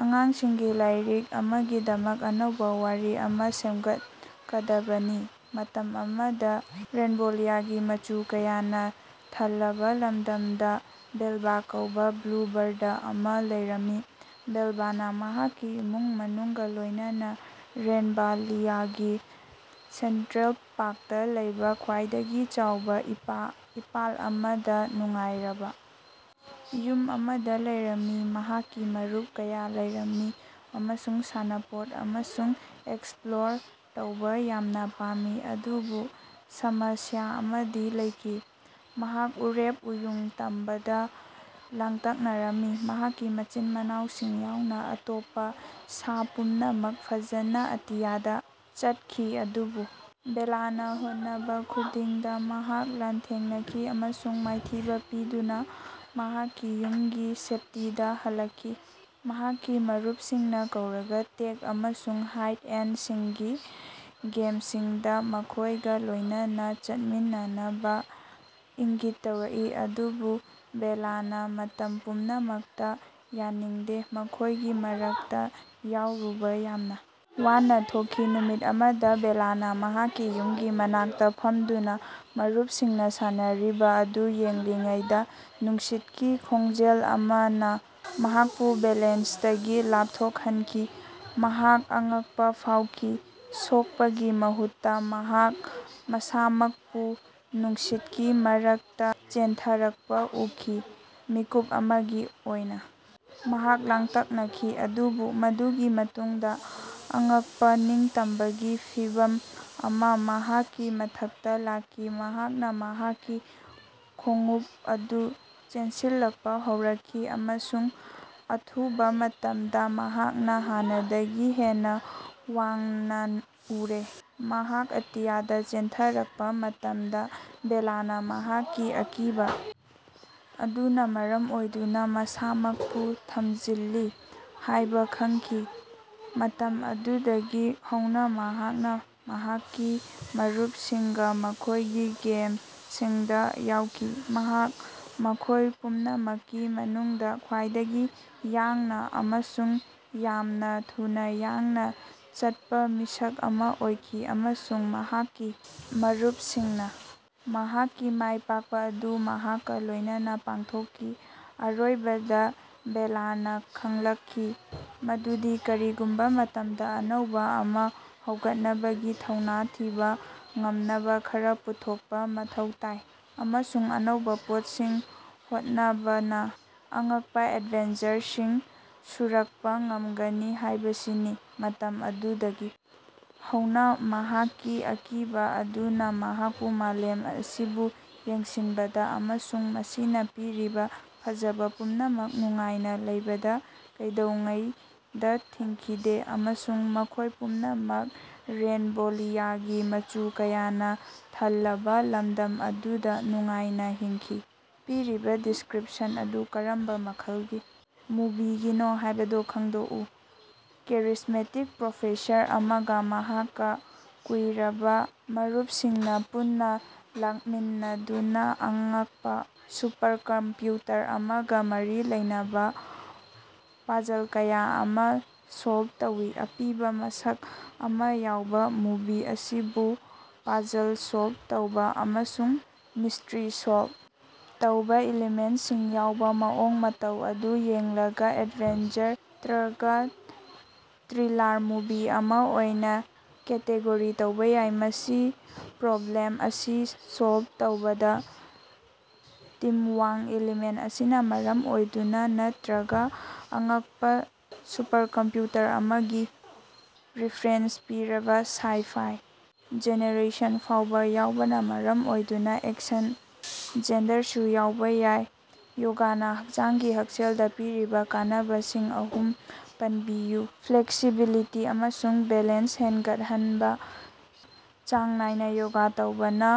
ꯑꯉꯥꯡꯁꯤꯡꯒꯤ ꯂꯥꯏꯔꯤꯛ ꯑꯃꯒꯤꯗꯃꯛ ꯑꯅꯧꯕꯥ ꯋꯥꯔꯤ ꯑꯃꯥ ꯁꯦꯝꯒꯠꯀꯗꯕꯅꯤ꯫ ꯃꯇꯝ ꯑꯃꯗꯥ ꯔꯦꯟꯕꯣꯂꯤꯌꯥꯒꯤ ꯃꯆꯨ ꯀꯌꯥꯅꯥ ꯊꯜꯂꯕꯥ ꯂꯝꯗꯝꯗꯥ ꯕꯦꯜꯂꯥ ꯀꯧꯕꯥ ꯕ꯭ꯂꯨꯕꯔꯗ ꯑꯃꯥ ꯂꯩꯔꯝꯃꯤ꯫ ꯕꯦꯜꯂꯥꯅꯥ ꯃꯍꯥꯛꯀꯤ ꯏꯃꯨꯡ ꯃꯅꯨꯡꯒꯥ ꯂꯣꯏꯅꯅꯥ ꯔꯦꯟꯕꯣꯂꯤꯌꯥꯒꯤ ꯁꯦꯟꯇ꯭ꯔꯦꯜ ꯄꯥꯛꯇꯥ ꯂꯩꯕꯥ ꯈ꯭ꯋꯥꯏꯗꯒꯤ ꯆꯥꯎꯕꯥ ꯏꯄꯥꯜ ꯑꯃꯗꯥ ꯅꯨꯡꯉꯥꯏꯔꯕꯥ ꯌꯨꯝ ꯑꯃꯗꯥ ꯂꯩꯔꯝꯃꯤ꯫ ꯃꯍꯥꯛꯀꯤ ꯃꯔꯨꯞ ꯀꯌꯥ ꯂꯩꯔꯝꯃꯤ ꯑꯃꯁꯨꯡ ꯁꯥꯟꯅꯄꯣꯠ ꯑꯃꯁꯨꯡ ꯑꯦꯛꯁꯄ꯭ꯂꯣꯔ ꯇꯧꯕꯥ ꯌꯥꯝꯅꯥ ꯄꯥꯝꯃꯤ ꯑꯗꯨꯕꯨ ꯁꯃꯁ꯭ꯌꯥ ꯑꯃꯗꯤ ꯂꯩꯈꯤ꯫ ꯃꯍꯥꯛ ꯎꯔꯦꯞ ꯎꯌꯨꯡ ꯇꯝꯕꯗꯥ ꯂꯥꯡꯇꯛꯅꯔꯝꯃꯤ꯫ ꯃꯍꯥꯛꯀꯤ ꯃꯆꯤꯟ-ꯃꯅꯥꯎꯁꯤꯡ ꯌꯥꯎꯅꯥ ꯑꯇꯣꯞꯄꯥ ꯁꯥ ꯄꯨꯝꯅꯃꯛ ꯐꯖꯅꯥ ꯑꯇꯤꯌꯥꯗꯥ ꯆꯠꯈꯤ ꯑꯗꯨꯕꯨ ꯕꯦꯜꯂꯥꯅꯥ ꯍꯣꯠꯅꯕꯥ ꯈꯨꯗꯤꯡꯗꯥ ꯃꯍꯥꯛ ꯂꯥꯟꯊꯦꯡꯅꯈꯤ ꯑꯃꯁꯨꯡ ꯃꯥꯏꯊꯤꯕꯥ ꯄꯤꯗꯨꯅꯥ ꯃꯍꯥꯛꯀꯤ ꯌꯨꯝꯒꯤ ꯁꯦꯞꯇꯤꯗꯥ ꯍꯜꯂꯛꯈꯤ꯫ ꯃꯍꯥꯛꯀꯤ ꯃꯔꯨꯞꯁꯤꯡꯅꯥ ꯀꯧꯔꯒꯥ ꯇꯦꯛ ꯑꯃꯁꯨꯡ ꯍꯥꯏꯠ-ꯑꯦꯟ-ꯁꯤꯛꯀꯤ ꯒꯦꯝꯁꯤꯡꯗꯥ ꯃꯈꯣꯏꯒꯥ ꯂꯣꯏꯅꯅꯥ ꯆꯠꯃꯤꯟꯅꯅꯕꯥ ꯏꯪꯒꯤꯠ ꯇꯧꯔꯛꯏ ꯑꯗꯨꯕꯨ ꯕꯦꯜꯂꯥꯅꯥ ꯃꯇꯝ ꯄꯨꯝꯅꯃꯛꯇꯥ ꯌꯥꯅꯤꯡꯗꯦ, ꯃꯈꯣꯏꯒꯤ ꯃꯔꯛꯇꯥ ꯌꯥꯎꯔꯨꯕꯥ ꯌꯥꯝꯅꯥ ꯋꯥꯅꯥ ꯊꯣꯛꯈꯤ꯫ ꯅꯨꯃꯤꯠ ꯑꯃꯗꯥ ꯕꯦꯜꯂꯥꯅꯥ ꯃꯍꯥꯛꯀꯤ ꯌꯨꯝꯒꯤ ꯃꯅꯥꯛꯇꯥ ꯐꯝꯗꯨꯅꯥ ꯃꯔꯨꯞꯁꯤꯡꯅꯥ ꯁꯥꯟꯅꯔꯤꯕꯥ ꯑꯗꯨ ꯌꯦꯡꯂꯤꯉꯩꯗꯥ ꯅꯨꯡꯁꯤꯠꯀꯤ ꯈꯣꯡꯖꯦꯜ ꯑꯃꯅꯥ ꯃꯍꯥꯛꯄꯨ ꯕꯦꯂꯦꯟꯁꯇꯒꯤ ꯂꯥꯞꯊꯣꯛꯍꯟꯈꯤ꯫ ꯃꯍꯥꯛ ꯑꯉꯛꯄꯥ ꯐꯥꯎꯈꯤ, ꯁꯣꯛꯄꯒꯤ ꯃꯍꯨꯠꯇꯥ ꯃꯍꯥꯛ ꯃꯁꯥꯃꯛꯄꯨ ꯅꯨꯡꯁꯤꯠꯀꯤ ꯃꯔꯛꯇꯥ ꯆꯦꯟꯊꯔꯛꯄꯥ ꯎꯈꯤ꯫ ꯃꯤꯀꯨꯞ ꯑꯃꯒꯤ ꯑꯣꯏꯅꯥ ꯃꯍꯥꯛ ꯂꯥꯡꯇꯛꯅꯈꯤ, ꯑꯗꯨꯕꯨ ꯃꯗꯨꯒꯤ ꯃꯇꯨꯡꯗꯥ ꯑꯉꯛꯄꯥ ꯅꯤꯡꯇꯝꯕꯒꯤ ꯐꯤꯚꯝ ꯑꯃꯥ ꯃꯍꯥꯛꯀꯤ ꯃꯊꯛꯇꯥ ꯂꯥꯛꯈꯤ꯫ ꯃꯍꯥꯛꯅꯥ ꯃꯍꯥꯛꯀꯤ ꯈꯣꯡꯎꯞ ꯑꯗꯨ ꯆꯦꯟꯁꯤꯜꯂꯛꯄꯥ ꯍꯧꯔꯛꯈꯤ ꯑꯃꯁꯨꯡ ꯑꯊꯨꯕꯥ ꯃꯇꯝꯗꯥ ꯃꯍꯥꯛꯅꯥ ꯍꯥꯟꯅꯗꯒꯤ ꯍꯦꯟꯅꯥ ꯋꯥꯡꯅꯥ ꯎꯔꯦ꯫ ꯃꯍꯥꯛ ꯑꯇꯤꯌꯥꯗꯥ ꯆꯦꯟꯊꯔꯛꯄꯥ ꯃꯇꯝꯗꯥ ꯕꯦꯜꯂꯥꯅꯥ ꯃꯍꯥꯛꯀꯤ ꯑꯀꯤꯕꯥ ꯑꯗꯨꯅꯥ ꯃꯔꯝ ꯑꯣꯏꯗꯨꯅꯥ ꯃꯁꯥꯃꯛꯄꯨ ꯊꯝꯖꯤꯜꯂꯤ ꯍꯥꯏꯕꯥ ꯈꯪꯈꯤ꯫ ꯃꯇꯝ ꯑꯗꯨꯗꯒꯤ ꯍꯧꯅꯥ ꯃꯍꯥꯛꯅꯥ ꯃꯍꯥꯛꯀꯤ ꯃꯔꯨꯞꯁꯤꯡꯒꯥ ꯃꯈꯣꯏꯒꯤ ꯒꯦꯝꯁꯤꯡꯗꯥ ꯌꯥꯎꯈꯤ꯫ ꯃꯍꯥꯛ ꯃꯈꯣꯏ ꯄꯨꯝꯅꯃꯛꯀꯤ ꯃꯅꯨꯡꯗꯥ ꯈ꯭ꯋꯥꯏꯗꯒꯤ ꯌꯥꯡꯅꯥ ꯑꯃꯁꯨꯡ ꯌꯥꯝꯅꯥ ꯊꯨꯅꯥ ꯌꯥꯡꯅꯥ ꯆꯠꯄꯥ ꯃꯤꯁꯛ ꯑꯃꯥ ꯑꯣꯏꯈꯤ ꯑꯃꯁꯨꯡ ꯃꯍꯥꯛꯀꯤ ꯃꯔꯨꯞꯁꯤꯡꯅꯥ ꯃꯍꯥꯛꯀꯤ ꯃꯥꯏꯄꯥꯛꯄꯥ ꯑꯗꯨ ꯃꯍꯥꯛꯀꯥ ꯂꯣꯏꯅꯅꯥ ꯄꯥꯡꯊꯣꯛꯈꯤ꯫ ꯑꯔꯣꯏꯕꯗꯥ ꯕꯦꯜꯂꯥꯅꯥ ꯈꯪꯂꯛꯈꯤ ꯃꯗꯨꯗꯤ ꯀꯔꯤꯒꯨꯝꯕꯥ ꯃꯇꯝꯗꯥ ꯑꯅꯧꯕꯥ ꯑꯃꯥ ꯍꯧꯒꯠꯅꯕꯒꯤ ꯊꯧꯅꯥ ꯊꯤꯕꯥ ꯉꯝꯅꯕꯥ ꯈꯔꯥ ꯄꯨꯊꯣꯛꯄꯥ ꯃꯊꯧ ꯇꯥꯏ꯫ ꯑꯃꯁꯨꯡ ꯑꯅꯧꯕꯥ ꯄꯣꯠꯁꯤꯡ ꯍꯣꯠꯅꯕꯅꯥ ꯑꯉꯛꯄꯥ ꯑꯦꯗꯚꯦꯟꯆꯔꯁꯤꯡ ꯄꯨꯔꯛꯄꯥ ꯉꯝꯒꯅꯤ ꯍꯥꯏꯕꯁꯤꯅꯤ꯫ ꯃꯇꯝ ꯑꯗꯨꯗꯒꯤ ꯍꯧꯅꯥ ꯃꯍꯥꯛꯀꯤ ꯑꯀꯤꯕꯥ ꯑꯗꯨꯅꯥ ꯃꯍꯥꯛꯄꯨ ꯃꯥꯂꯦꯝ ꯑꯁꯤꯕꯨ ꯌꯦꯡꯁꯤꯟꯕꯗꯥ ꯑꯃꯁꯨꯡ ꯃꯁꯤꯅꯥ ꯄꯤꯔꯤꯕꯥ ꯐꯖꯕꯥ ꯄꯨꯝꯅꯃꯛ ꯅꯨꯡꯉꯥꯏꯅꯥ ꯂꯧꯕꯗꯥ ꯀꯩꯗꯧꯉꯩꯗꯥ ꯊꯤꯡꯈꯤꯗꯦ꯫ ꯑꯃꯁꯨꯡ ꯃꯈꯣꯏ ꯄꯨꯝꯅꯃꯛ ꯔꯦꯟꯕꯣꯂꯤꯌꯥꯒꯤ ꯃꯆꯨ ꯀꯌꯥꯅꯥ ꯊꯜꯂꯕꯥ ꯂꯝꯗꯝ ꯑꯗꯨꯗꯥ ꯅꯨꯡꯉꯥꯏꯅꯥ ꯍꯤꯡꯈꯤ꯫ ꯄꯤꯔꯤꯕꯥ ꯗꯤꯁꯀ꯭ꯔꯤꯄꯁꯟ ꯑꯗꯨ ꯀꯔꯝꯕꯥ ꯃꯈꯜꯒꯤ ꯃꯨꯚꯤꯒꯤꯅꯣ ꯍꯥꯏꯕꯗꯨ ꯈꯪꯗꯣꯛꯎ꯫ ꯀꯦꯔꯤꯖꯃꯦꯇꯤꯛ ꯄ꯭ꯔꯣꯐꯦꯁꯔ ꯑꯃꯒꯥ ꯃꯍꯥꯛꯀꯤ ꯀꯨꯏꯔꯕꯥ ꯃꯔꯨꯞꯁꯤꯡꯅꯥ ꯄꯨꯟꯅꯥ ꯂꯥꯛꯃꯤꯟꯅꯗꯨꯅꯥ ꯑꯉꯛꯄꯥ ꯁꯨꯄꯔꯀꯝꯄ꯭ꯌꯨꯇꯔ ꯑꯃꯒꯥ ꯃꯔꯤ ꯂꯩꯅꯕꯥ ꯄꯥꯖꯜ ꯀꯌꯥ ꯑꯃꯥ ꯁꯣꯜꯕ ꯇꯧꯏ꯫ ꯑꯄꯤꯕꯥ ꯃꯁꯛ ꯑꯃꯥ ꯌꯥꯎꯕꯥ ꯃꯨꯚꯤ ꯑꯁꯤꯕꯨ ꯄꯥꯖꯜ ꯁꯣꯜꯕ ꯇꯧꯕꯥ ꯑꯃꯁꯨꯡ ꯃꯤꯁꯇ꯭ꯔꯤ ꯁꯣꯜꯕ ꯇꯧꯕꯥ ꯏꯂꯤꯃꯦꯟꯁꯤꯡ ꯌꯥꯎꯕꯥ ꯃꯑꯣꯡ ꯃꯇꯧ ꯑꯗꯨ ꯌꯦꯡꯂꯒꯥ ꯑꯦꯗꯚꯦꯟꯆꯔ ꯅꯠꯇ꯭ꯔꯒꯥ ꯊ꯭ꯔꯤꯂꯥꯔ ꯃꯨꯚꯤ ꯑꯃꯥ ꯑꯣꯏꯅꯥ ꯀꯦꯇꯦꯒꯣꯔꯤ ꯇꯧꯕꯥ ꯌꯥꯏ꯫ ꯃꯁꯤ ꯄ꯭ꯔꯣꯕ꯭ꯂꯦꯝ ꯑꯁꯤ ꯁꯣꯜꯕ ꯇꯧꯕꯗꯥ ꯇꯤꯝꯋꯥꯛ ꯏꯂꯤꯃꯦꯟ ꯑꯁꯤꯅꯥ ꯃꯔꯝ ꯑꯣꯏꯗꯨꯅꯥ ꯅꯠꯇ꯭ꯔꯒꯥ ꯑꯉꯛꯄꯥ ꯁꯨꯄꯔꯀꯝꯄ꯭ꯌꯨꯇꯔ ꯑꯃꯒꯤ ꯔꯤꯐꯔꯦꯟꯁ ꯄꯤꯔꯕꯥ ꯁꯥꯏ-ꯐꯥꯏ ꯖꯦꯅꯔꯦꯁꯟ ꯐꯥꯎꯕꯥ ꯌꯥꯎꯕꯅꯥ ꯃꯔꯝ ꯑꯣꯏꯗꯨꯅꯥ ꯑꯦꯛꯁꯟ ꯖꯦꯅꯔꯗꯁꯨ ꯌꯥꯎꯕꯥ ꯌꯥꯏ꯫ ꯌꯣꯒꯅꯥ ꯍꯛꯆꯥꯡꯒꯤ ꯍꯛꯁꯦꯜꯗꯥ ꯄꯤꯔꯤꯕꯥ ꯀꯥꯟꯅꯕꯁꯤꯡ ꯑꯍꯨꯝ ꯄꯟꯕꯤꯌꯨ꯫ ꯐ꯭ꯂꯦꯛꯁꯤꯕꯤꯂꯤꯇꯤ ꯑꯃꯁꯨꯡ ꯕꯦꯂꯦꯟꯁ ꯍꯦꯟꯒꯠꯍꯟꯕꯥ ꯆꯥꯡ ꯅꯥꯏꯅꯥ ꯌꯣꯒꯥ ꯇꯧꯕꯅꯥ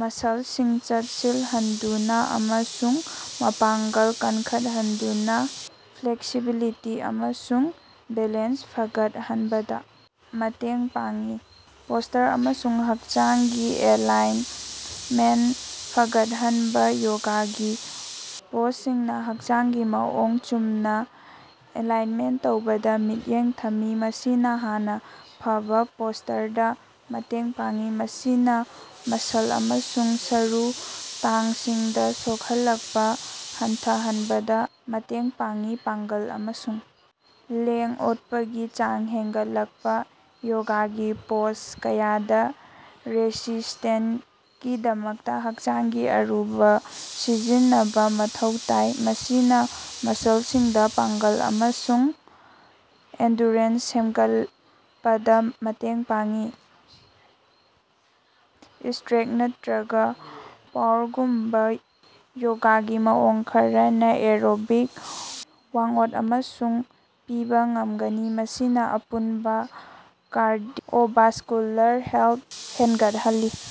ꯃꯁꯜꯁꯤꯡ ꯆꯦꯠꯁꯤꯂꯍꯟꯗꯨꯅꯥ ꯑꯃꯁꯨꯡ ꯃꯄꯥꯡꯒꯜ ꯀꯟꯈꯠꯍꯟꯗꯨꯅꯥ ꯐ꯭ꯂꯦꯛꯁꯤꯕꯤꯂꯤꯇꯤ ꯑꯃꯁꯨꯡ ꯕꯦꯂꯦꯟꯁ ꯐꯒꯠꯍꯟꯕꯗꯥ ꯃꯇꯦꯡ ꯄꯥꯡꯏ꯫ ꯄꯣꯁꯇꯔ ꯑꯃꯁꯨꯡ ꯍꯛꯆꯥꯡꯒꯤ ꯑꯦꯂꯥꯏꯟꯃꯦꯟ ꯐꯒꯠꯍꯟꯕꯥ ꯌꯣꯒꯥꯒꯤ ꯄꯣꯖꯁꯤꯡꯅꯥ ꯍꯛꯆꯥꯡꯒꯤ ꯃꯑꯣꯡ ꯆꯨꯝꯅꯥ ꯑꯦꯂꯥꯏꯟꯃꯦꯟ ꯇꯧꯕꯗꯥ ꯃꯤꯠꯌꯦꯡ ꯊꯝꯃꯤ, ꯃꯁꯤꯅꯥ ꯍꯦꯟꯅꯥ ꯐꯕꯥ ꯄꯣꯁꯇꯔꯗꯥ ꯃꯇꯦꯡ ꯄꯥꯡꯏ, ꯃꯁꯤꯅꯥ ꯃꯁꯜ ꯑꯃꯁꯨꯡ ꯁꯔꯨ ꯇꯥꯡꯁꯤꯡꯗꯥ ꯁꯣꯛꯍꯜꯂꯛꯄꯥ ꯍꯟꯊꯍꯟꯕꯗꯥ ꯃꯇꯦꯡ ꯄꯥꯡꯏ꯫ ꯄꯥꯡꯒꯜ ꯑꯃꯁꯨꯡ ꯂꯦꯡ-ꯑꯣꯠꯄꯒꯤ ꯆꯥꯡ ꯍꯦꯟꯒꯠꯂꯛꯄꯥ ꯌꯣꯒꯥꯒꯤ ꯄꯣꯖ ꯀꯌꯥꯗꯥ ꯔꯦꯁꯤꯁꯇꯦꯟꯁꯀꯤꯗꯃꯛꯇꯥ ꯍꯛꯆꯥꯡꯒꯤ ꯑꯔꯨꯝꯕꯥ ꯁꯤꯖꯤꯟꯅꯕꯥ ꯃꯊꯧ ꯇꯥꯏ, ꯃꯁꯤꯅꯥ ꯃꯁꯜꯁꯤꯡꯗꯥ ꯄꯥꯡꯒꯜ ꯑꯃꯁꯨꯡ ꯑꯦꯟꯗꯨꯔꯦꯟꯁ ꯁꯦꯝꯒꯠꯄꯗꯥ ꯃꯇꯦꯡ ꯄꯥꯡꯏ꯫ ꯏꯁꯇ꯭ꯔꯦꯡꯀ ꯅꯠꯇ꯭ꯔꯒꯥ ꯄꯥꯋꯔꯒꯨꯝꯕꯥ ꯌꯣꯒꯒꯤ ꯃꯑꯣꯡ ꯈꯔꯅꯥ ꯑꯦꯔꯣꯕꯤꯛ ꯋꯥꯛꯑꯥꯎꯠ ꯑꯃꯁꯨ ꯄꯤꯕꯥ ꯉꯝꯒꯅꯤ, ꯃꯁꯤꯅꯥ ꯑꯄꯨꯟꯕꯥ ꯀꯥꯔꯗꯤꯑꯣꯚꯥꯁꯀꯨꯂꯥꯔ ꯍꯦꯜꯊ ꯍꯦꯟꯒꯠꯍꯜꯂꯤ꯫